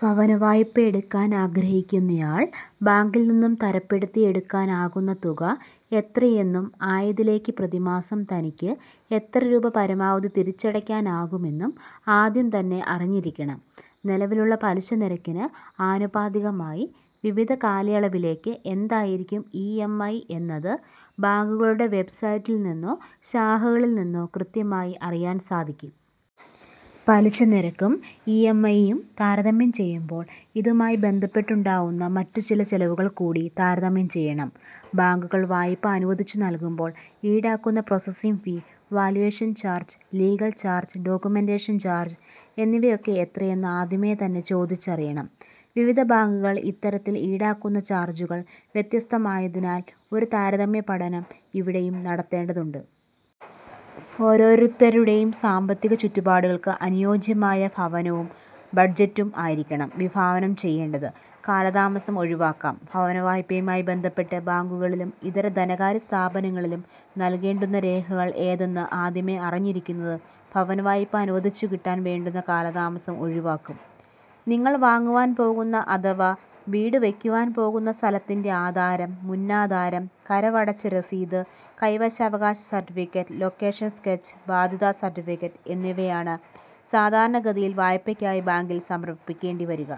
ഭവനവായ്പ എടുക്കാൻ ആഗ്രഹിക്കുന്നയാൾ ബാങ്കിൽനിന്നും തരപ്പെടുത്തിയെടുക്കാനാകുന്ന തുക എത്രയെന്നും ആയതിലേക്ക് പ്രതിമാസം തനിക്ക് എത്ര രൂപ പരമാവധി തിരിച്ചടയ്ക്കാനാകുമെന്നും ആദ്യം തന്നെ അറിഞ്ഞിരിക്കണം. നിലവിലുള്ള പലിശനിരക്കിന് ആനുപാതികമായി വിവിധ കാലയളവിലേക്ക് എന്തായിരിക്കും ഇ. എം. ഐ. എന്നത് ബാങ്കുകളുടെ വെബ്സൈറ്റിൽനിന്നോ ശാഖകളിൽനിന്നോ കൃത്യമായി അറിയാൻ സാധിക്കും. പലിശനിരക്കും ഇ. എം. ഐ. യും താരതമ്യം ചെയ്യുമ്പോൾ ഇതുമായി ബന്ധപ്പെട്ടുണ്ടാകാവുന്ന മറ്റുചില ചെലവുകൾകൂടി താരതമ്യം ചെയ്യണം. ബാങ്കുകൾ വായ്പ അനുവദിച്ചു നൽകുമ്പോൾ ഈടാക്കുന്ന processing fee, valuation charge, legal charge, documentation charge എന്നിവയൊക്കെ എത്രയെന്ന് ആദ്യമേതന്നെ ചോദിച്ചറിയണം. വിവിധ ബാങ്കുകൾ ഇത്തരത്തിൽ ഈടാക്കുന്ന ചാർജുകൾ വ്യത്യസ്തമായതിനാൽ ഒരു താരതമ്യപഠനം ഇവിടെയും നടത്തേണ്ടതുണ്ട്. ഓരോരുത്തരുടെയും സാമ്പത്തിക ചുറ്റുപാടുകൾക്ക് അനുയോജ്യമായ ഭവനവും ബജറ്റും ആയിരിക്കണം വിഭാവനം ചെയ്യേണ്ടത്. കാലതാമസം ഒഴിവാക്കാം ഭവനവായ്പയുമായി ബന്ധപ്പെട്ട് ബാങ്കുകളിലും ഇതര ധനകാര്യ സ്ഥാപനങ്ങളിലും നൽകേണ്ടുന്ന രേഖകൾ ഏതെന്ന് ആദ്യമേ അറിഞ്ഞിരിക്കുന്നത് ഭവനവായ്പ അനുവദിച്ചു കിട്ടാൻ വേണ്ടുന്ന കാലതാമസം ഒഴിവാക്കും. നിങ്ങൾ വാങ്ങുവാൻ പോകുന്ന അഥവാ വീടുവയ്ക്കുവാൻ പോകുന്ന സ്ഥലത്തിന്റെ ആധാരം, മുന്നാധാരം, കരം അടച്ച രസീത്, കൈവശാവകാശ സർട്ടിഫിക്കറ്റ്, ലൊക്കേഷൻ സ്കെച്ച്, ബാധ്യതാ സർട്ടിഫിക്കറ്റ് എന്നിവയാണ് സാധാരണ ഗതിയിൽ വായ്പയ്ക്കായി ബാങ്കിൽ സമർപ്പിക്കേണ്ടിവരിക.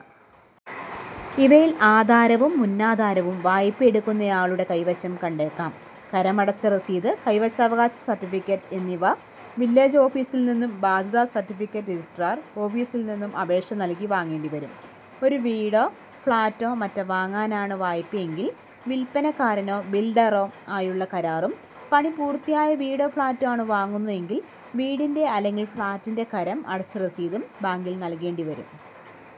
ഇവയിൽ ആധാരവും മുന്നാധാരവും വായ്പ എടുക്കുന്നയാളുടെ കൈവശം കണ്ടേക്കാം. കരം അടച്ച രസീത്, കൈവശാവകാശ സർട്ടിഫിക്കറ്റ് എന്നിവ വില്ലേജ് ഓഫീസിൽനിന്നും ബാധ്യത സർട്ടിഫിക്കറ്റ് രജിസ്ട്രാർ ഓഫീസിൽനിന്നും അപേക്ഷ നൽകി വാങ്ങേണ്ടി വരും. ഒരു വീടോ ഫ്ളാറ്റോ മറ്റോ വാങ്ങാനാണ് വായ്പയെങ്കിൽ വില്പനക്കാരനോ ബിൽഡറോ ആയുള്ള കരാറും പണിപൂർത്തിയായ വീടോ ഫ്ളാറ്റോ ആണ് വാങ്ങുന്നതെങ്കിൽ വീടിന്റെ അല്ലെങ്കിൽ ഫ്ളാറ്റിന്റെ കരം അടച്ച രസീതും ബാങ്കിൽ നൽകേണ്ടി വരും.